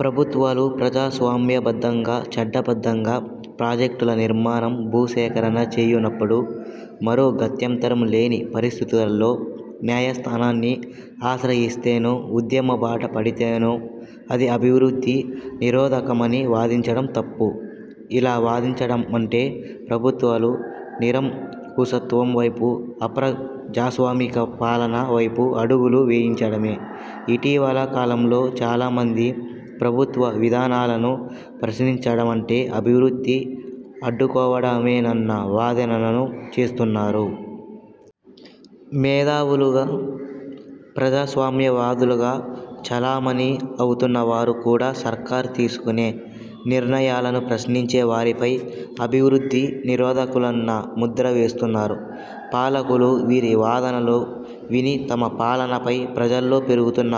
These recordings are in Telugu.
ప్రభుత్వాలు ప్రజాస్వామ్యబద్ధంగా, చట్టబద్ధంగా ప్రాజెక్టుల నిర్మాణం, భూసేకరణ చేయునప్పుడు, మరో గత్యంతరం లేని పరిస్థితులలో న్యాయస్థానాన్ని ఆశ్రయిస్తేనో, ఉద్యమ బాట పడితేనో అది అభివృద్ధి నిరోధకమని వాదించడం తప్పు. ఇలా వాదించటడంఅంటే ప్రభుత్వాన్ని నిరంకుశత్వం వైపూ, అప్రజాస్వామిక పాలన వైపూ అడుగులు వేయించడమే. ఇటీవల కాలంలో చాలా మంది ప్రభుత్వ విధానాలను ప్రశ్నించడ మంటే అభివృద్ధిని అడ్డుకోవడమేనన్న వాదనలను చేస్తున్నారు. మేధావులుగా, ప్రజాస్వామ్యవాదులుగా చలామణి అవుతున్న వారు కూడా సర్కార్ తీసుకునే నిర్ణయాలను ప్రశ్నించే వారిపై అభివృద్ధి నిరోధకులన్న ముద్ర వేస్తున్నారు. పాలకులు వీరి వాదనలు విని తమ పాలనపై ప్రజల్లో పెరుగుతున్న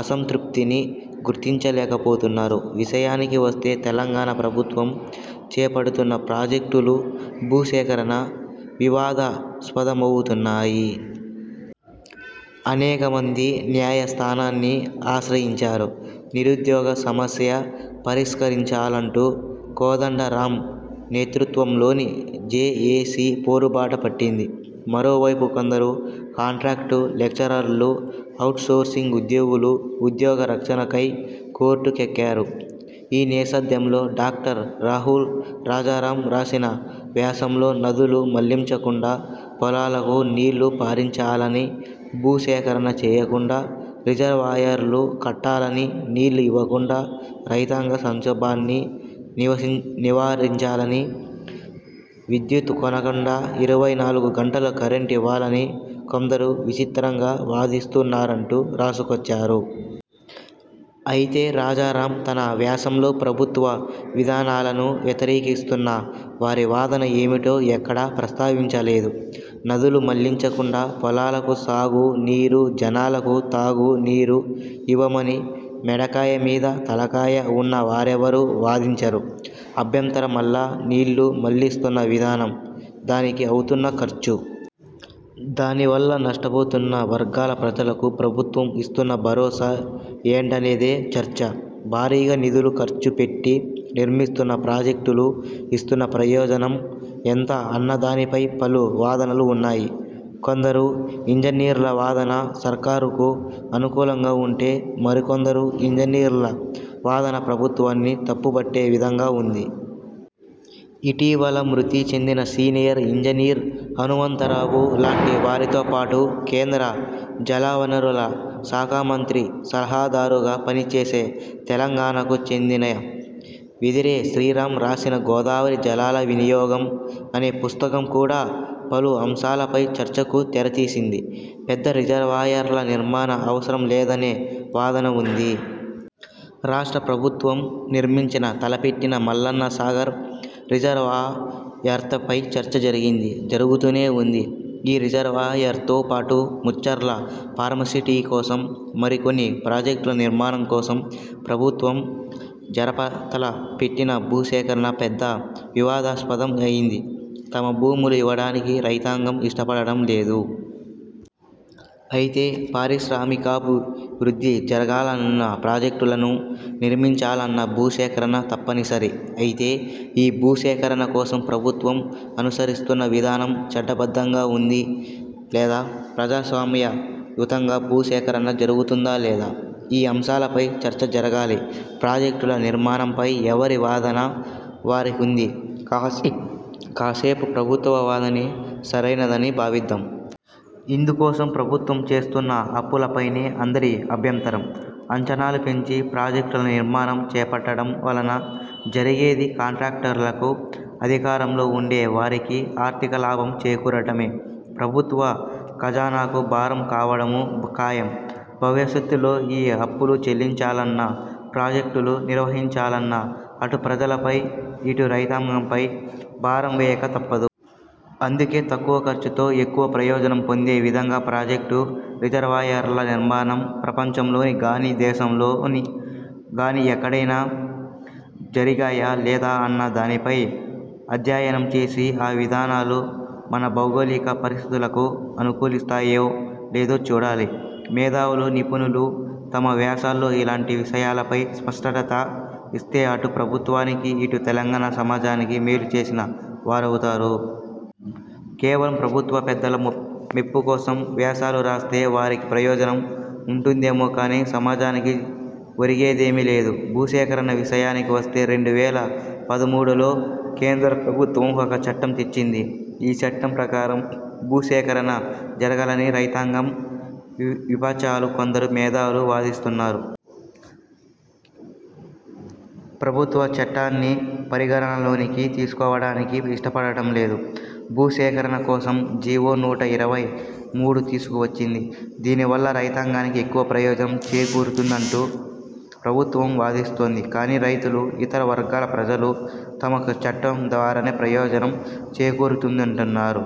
అసంతృప్తిని గుర్తించలేకపోతున్నారు. విషయానికి వస్తే తెలంగాణ ప్రభుత్వం చేపడుతున్న ప్రాజెక్టులు, భూసేకరణ వివాదస్పదమవుతున్నాయి. అనేక మంది న్యాయ స్థానాన్ని ఆశ్రయించారు. నిరుద్యోగ సమస్య పరిష్కరించాలంటూ కోదండ రామ్ నేతృత్వంలోని జేఏసీ పోరుబాట పట్టింది. మరోవైపు కొందరు కాంట్రాక్టు లెక్చరర్లు, ఔట్ సోర్సింగ్ ఉద్యోగులు ఉద్యోగ రక్షణకై కోర్టు కెక్కారు. ఈ నేసథ్యంలో డాక్టర్ రాహుల్ రాజారామ్ రాసిన వ్యాసంలో నదులు మళ్లించకుండా, పొలాలకు నీళ్లు పారించాలనీ, భూ సేకరణ చేయకుండా రిజర్వాయర్లు కట్టాలనీ, నీళ్లు ఇవ్వకుండా రైతాంగ సంక్షోభాన్ని నివసించి నివారించాలనీ, విద్యుత్ కొనకుండా ఇరవై నాలుగు గంటలు కరెంట్ ఇవ్వాలనీ కొందరు విచిత్రంగా వాదిస్తున్నారంటూ రాసు కొచ్చారు. అయితే రాజారామ్ తన వ్యాసంలో ప్రభుత్వ విధానాలను వ్యతిరేకిస్తున్న వారి వాదన ఏమిటో ఎక్కడా ప్రస్తావించలేదు. నదులు మళ్లించకుండా పొలాలకు సాగు నీరు, జనాలకు తాగు నీరు ఇవ్వమని మెడకాయ మీద తలకాయ ఉన్న వారెవరూ వాదించరు. అభ్యంతర మల్లా నీళ్లు మళ్లిస్తున్న విధానం. దానికి అవుతున్న ఖర్చు. దానివల్ల నష్టపోతున్న వర్గాల ప్రజలకు ప్రభుత్వం ఇస్తున్న భరోసా ఏంటనేదే చర్చ. భారీగా నిధులు ఖర్చు పెట్టి నిర్మిస్తున్న ప్రాజెక్టులు ఇస్తున్న ప్రయోజనం ఎంత అన్న దానిపై పలు వాదనలు ఉన్నాయి. కొందరు ఇంజనీర్ల వాదన సర్కారుకు అనుకూలంగా ఉంటే, మరికొందరు ఇంజనీర్ల వాదన ప్రభుత్వాన్ని తప్పుబట్టే విధంగా ఉంది. ఇటీవల మృతి చెందిన సీనియర్ ఇంజనీర్ హనుమంతరావు లాంటి వారితో పాటు కేంద్ర జలవనరుల శాఖా మంత్రి సలహాదారుగా పనిచేసే తెలంగాణకు చెందిన వెదిరే శ్రీరాం రాసిన 'గోదావరి జలాల వినియోగం' అనే పుస్తకం కూడా పలు అంశాలపై చర్చకు తెరతీసింది. పెద్ద రిజర్వాయర్ల నిర్మాణ అవసరం లేదనే వాదన ఉంది. రాష్ట్ర ప్రభుత్వం నిర్మించన తలపెట్టిన మల్లన్న సాగర్ రిజర్వాయర్పై చర్చ జరిగింది. జరుగుతూనే ఉంది. ఈ రిజర్వాయర్తో పాటు ముచ్చర్ల ఫార్మాసిటీ కోసం, మరికొన్ని ప్రాజెక్టుల నిర్మాణం కోసం ప్రభుత్వం జరపతల పెట్టిన భూసేకరణ పెద్ద వివాదస్పదం అయింది. తమ భూములు ఇవ్వడానికి రైతాంగం ఇష్టపడడం లేదు. అయితే పారిశ్రామికాభివృద్ధి జరగాలన్నా, ప్రాజెక్టులను నిర్మించాలన్నా భూసేకరణ తప్పనిసరి. అయితే ఈ భూసేకరణ కోసం ప్రభుత్వం అనుసరిస్తున్న విధానం చట్టబద్ధంగా ఉంది లేదా? ప్రజాస్వామ్యయుతంగా భూసేకరణ జరుగుతుందా లేదా? ఈ అంశాలపై చర్చ జరగాలి. ప్రాజెక్టుల నిర్మాణంపై ఎవరి వాదన వారికుంది. కాసేప్ కాసేపు ప్రభుత్వ వాదనే సరైనదని భావిద్దాం. ఇందుకోసం ప్రభుత్వం చేస్తున్న అప్పులపైనే అందరి అభ్యంతరం. అంచనాలు పెంచి ప్రాజెక్టుల నిర్మాణం చేపట్టడం వలన జరిగేది కాంట్రాక్టర్లకు, అధికారంలో ఉండే వారికి ఆర్థిక లాభం చేకూరటమే. ప్రభుత్వ ఖజానాకు భారం కావడమూ ఖాయం. భవిష్యత్తులో ఈ అప్పులు చెల్లించాలన్నా, ప్రాజెక్టులు నిర్వహించాలన్నా అటు ప్రజలపై ఇటు రైతాంగంపై భారం వేయక తప్పదు. అందుకే తక్కువ ఖర్చుతో ఎక్కువ ప్రయోజనం పొందే విధంగా ప్రాజెక్టు, రిజర్వాయర్ల నిర్మాణం ప్రపంచంలోని గానీ, దేశంలోని గానీ ఎక్కడైనా జరిగాయా లేదా అన్న దానిపై అధ్యయనం చేసి, ఆ విధానాలు మన భౌగోళిక పరిస్థితులకు అనుకూలిస్తాయో లేదో చూడాలి. మేధావులు, నిపుణులు తమ వ్యాసాల్లో ఇలాంటి విషయాలపై స్పష్టగత ఇస్తే అటు ప్రభుత్వానికి ఇటు తెలంగాణ సమాజానికి మేలు చేసిన వారవుతారు. కేవలం ప్రభుత్వ పెద్దల మెప్పుకోసం వ్యాసాలు రాస్తే వారికి ప్రయోజనం ఉంటుందేమో కానీ సమాజానికీ ఒరిగేదేమీ లేదు. భూసేకరణ విషయానికి వస్తే రెండు వేల పదమూడులో కేంద్ర ప్రభుత్వం ఒక చట్టం తెచ్చింది. ఈ చట్టం ప్రకారం భూ సేకరణ జరగాలని రైతాంగం, వి విపక్షాలు, కొందరు మేధావులు వాదిస్తున్నారు. ఫ్రభుత్వం చట్టాన్ని పరిగణలోనికి తీసుకోవడానికి ఇష్టపడడం లేదు. భూసేకరణ కోసం జీవో నూట ఇరవై మూడు తీసుకు వచ్చింది. దీని వల్ల రైతాంగానికి ఎక్కువ ప్రయోజనం చేరూరుతుంనట్టు ప్రభుత్వం వాదిస్తోంది. కానీ రైతులు, ఇతర వర్గాల ప్రజలు తమకు చట్టం ద్వారానే ప్రయోజనం చేకూరుతుందంటున్నారు.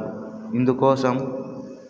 ఇందుకోసం